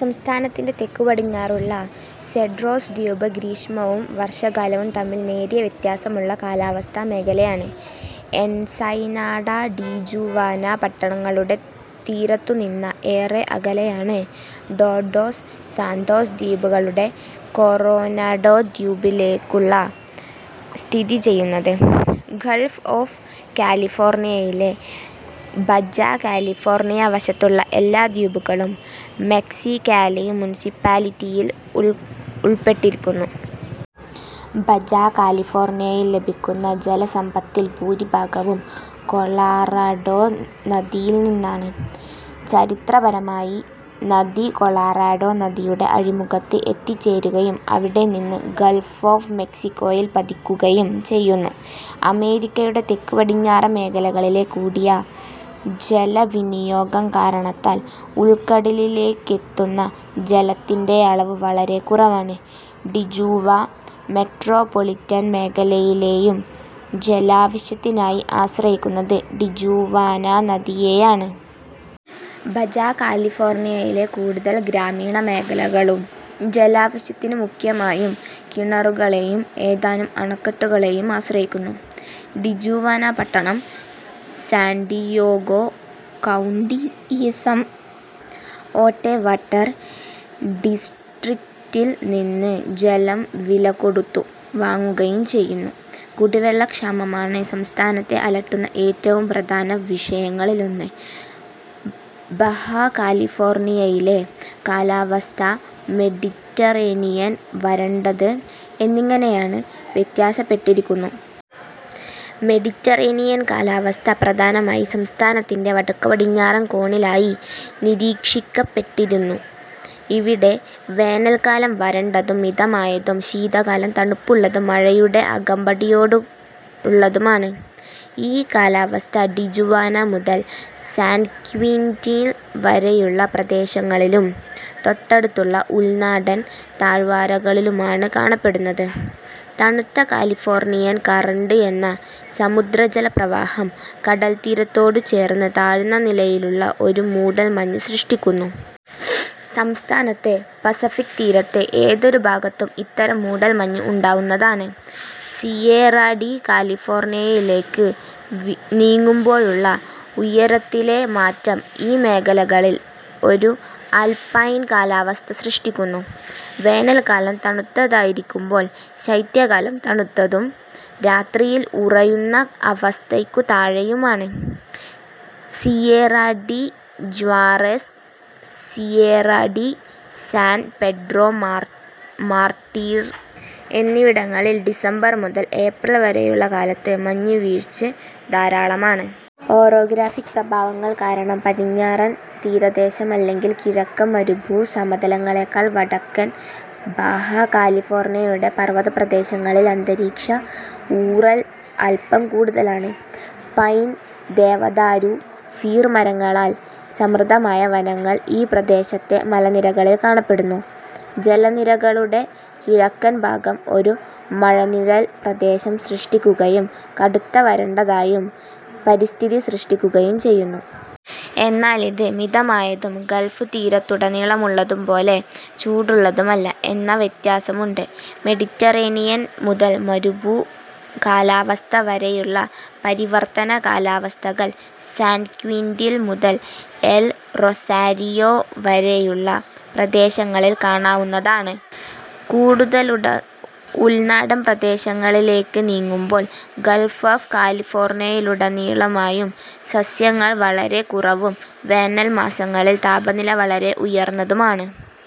സംസ്ഥാനത്തിൻറെ തെക്കുപടിഞ്ഞാറുള്ള Cedros ദ്വീപ് ഗ്രീഷ്മവും വർഷകാലവും തമ്മിൽ നേരിയ വ്യത്യാസമുള്ള കാലാവസ്ഥാ മേഖലയിലാണ്. എൻസെനാഡ, ടിജുവാന പട്ടണങ്ങളുടെ തീരത്തുനിന്ന ഏറെ അകലെയാണ് ടോഡോസ് സാന്തോസ് ദ്വീപുകളുടെ കൊറോനാഡോ ദ്വീപിലെക്കുള്ള സ്ഥിതി ചെയ്യുന്നത്. ഗൾഫ് ഓഫ് കാലിഫോർണിയയിലെ ബജ കാലിഫോർണിയ വശത്തുള്ള എല്ലാ ദ്വീപുകളും മെക്സിക്കാലി മുനിസിപ്പാലിറ്റിയിൽ ഉള്പ്പെട്ടിരിക്കുന്നു. ബജ കാലിഫോർണിയയിൽ ലഭിക്കുന്ന ജലസമ്പത്തിൽ ഭൂരിഭാഗവും കൊളറാഡോ നദിയിൽനിന്നാണ്. ചരിത്രപരമായി നദി കോളറോഡോ നദിയുടെ അഴിമുഖത്ത് എത്തിച്ചേരുകയും അവിടെനിന്ന് ഗൾഫ് ഓഫ് മെക്സിക്കോയിൽ പതിക്കുകയും ചെയ്യുന്നു. അമേരിക്കയുടെ തെക്കുപടിഞ്ഞാറൻ മേഖലകളിലെ കൂടിയ ജലവിനിയോഗം കാരണത്താൽ ഉൾക്കടലിലേയ്ക്കെത്തുന്ന ജലത്തിൻറ അളവ് വളരെ കുറവാണ്. ടിജുവാ മെട്രോപോളിറ്റൻ മേഖലയിലയും ജലാവശ്യത്തിനായി ആശ്രയിക്കുന്നത് ടിജുവാന നദിയെയാണ്. ബജ കാലിഫോർണിയയിലെ കൂടുതൽ ഗ്രാമീണമേഖലകളും ജലാവശ്യത്തിന് മുഖ്യമായും കിണറുകളെയും ഏതാനും അണക്കെട്ടുകളേയും ആശ്രയിക്കുന്നു. ടിജുവാന പട്ടണം, സാൻഡിയാഗോ കൌണ്ടിയിസം ഓട്ടെ വാട്ടർ ഡിസ്ട്രിക്റ്റിൽ നിന്ന് ജലം വിലകൊടുത്തു വാങ്ങുകയും ചെയ്യുന്നു. കുടിവെള്ള ക്ഷാമമാണ് സംസ്ഥാനത്തെ അലട്ടുന്ന ഏറ്റവും പ്രധാനവിഷയങ്ങളിലൊന്ന്. ബഹാ കാലിഫോർണിയയിലെ കാലാവസ്ഥ മെഡിറ്ററേനിയൻ, വരണ്ടത് എന്നിങ്ങനെയായി വ്യത്യാസപ്പെട്ടിരിക്കുന്നു. മെഡിറ്ററേനിയൻ കാലാവസ്ഥ പ്രധാനമായി സംസ്ഥാനത്തിന്റെ വടക്കുപടിഞ്ഞാറൻ കോണിലായി നിരീക്ഷിക്കപ്പെട്ടിരിക്കുന്നു. ഇവിടെ വേനൽക്കാലം വരണ്ടതും മിതമായതും ശീതകാലം തണുപ്പുള്ളതും മഴയുടെ അകമ്പടിയോടെയുള്ളതുമാണ്. ഈ കാലാവസ്ഥ ടിജുവാന മുതൽ സാൻ ക്വിന്റീൻ വരെയുള്ള പ്രദേശങ്ങളിലും തൊട്ടടുത്തുള്ള ഉൾനാടൻ താഴ്വരകളിലുമാണ് കാണപ്പെടുന്നത്. തണുത്ത കാലിഫോർണിയ കറണ്ട് എന്ന സമുദ്രജലപ്രവാഹം കടൽത്തീരത്തോടു ചേർന്ന് താഴ്ന്ന നിലയിലുള്ള ഒരു മൂടൽ മഞ്ഞ് സൃഷ്ടിക്കുന്നു. സംസ്ഥാനത്തെ പസഫിക് തീരത്തെ ഏതൊരു ഭാഗത്തും ഇത്തരം മൂടൽ മഞ്ഞ് ഉണ്ടാകാവുന്നതാണ്. സിയേറാ ഡി കാലിഫോർണിയയിലേയ്ക്കു നീങ്ങുമ്പോഴുള്ള ഉയരത്തിലെ മാറ്റം ഈ മേഖലകളിൽ ഒരു ആൽപൈൻ കാലാവസ്ഥ സൃഷ്ടിക്കുന്നു. വേനൽക്കാലം തണുത്തതായിരിക്കുമ്പോൾ ശൈത്യകാലം തണുത്തതും രാത്രിയിൽ ഉറയുന്ന അവസ്ഥയ്ക്കു താഴെയുമാണ്. Sierra de Juarez, Sierra de San Pedro Martir എന്നിവിടങ്ങളിൽ ഡിസംബർ മുതൽ ഏപ്രിൽ വരെയുള്ള കാലത്ത് മഞ്ഞുവീഴ്ച്ധാരാളമാണ്. ഓറോഗ്രാഫിക്ക് പ്രഭാവങ്ങൾ കാരണo, പടിഞ്ഞാറൻ തീരപ്രദേശം അല്ലെങ്കിൽ കിഴക്കൻ മരുഭൂ സമതലങ്ങളേക്കാൾ വടക്കൻ ബാഹ കാലിഫോർണിയയുടെ പർവ്വതപ്രദേശങ്ങളിൽ അന്തരീക്ഷ ഊറൽ അൽപ്പം കൂടുതലാണ്. പൈൻ, ദേവദാരു, ഫിർ മരങ്ങളാൽ സമൃദ്ധമായ വനങ്ങൾ ഈ പ്രദേശത്തെ മലനിരകളിൽ കാണപ്പെടുന്നു. ജലനിരകളുടെ കിഴക്കൻ ഭാഗം ഒരു മഴനിഴൽ പ്രദേശം സൃഷ്ടിക്കുകയും കടുത്ത വരണ്ടതായ പരിസ്ഥിതി സൃഷ്ടിക്കുകയും ചെയ്യുന്നു. എന്നാൽ ഇത് മിതമായതും ഗൾഫ് തീരത്തുടനീളമുള്ളതുപോലെ ചൂടുള്ളതുമല്ല എന്ന വ്യത്യാസമുണ്ട്. മെഡിറ്ററേനിയൻ മുതൽ മരുഭൂ കാലാവസ്ഥ വരെയുള്ള പരിവർത്തന കാലാവസ്ഥകൾ സാൻ ക്വിന്റിൻ മുതൽ എൽ റൊസാരിയോ വരെയുള്ള പ്രദേശങ്ങളിൽ കാണാവുന്നതാണ്. കൂടുതൽ ഉൾനാടൻ പ്രദേശങ്ങളിലേയ്ക്കു നീങ്ങുമ്പോഴും ഗൾഫ് ഓഫ് കാലിഫോർണിയയിലുടനീളമായും സസ്യങ്ങൾ വളരെ കുറവും വേനൽ മാസങ്ങളിൽ താപനില വളരെ ഉയർന്നതുമാണ്.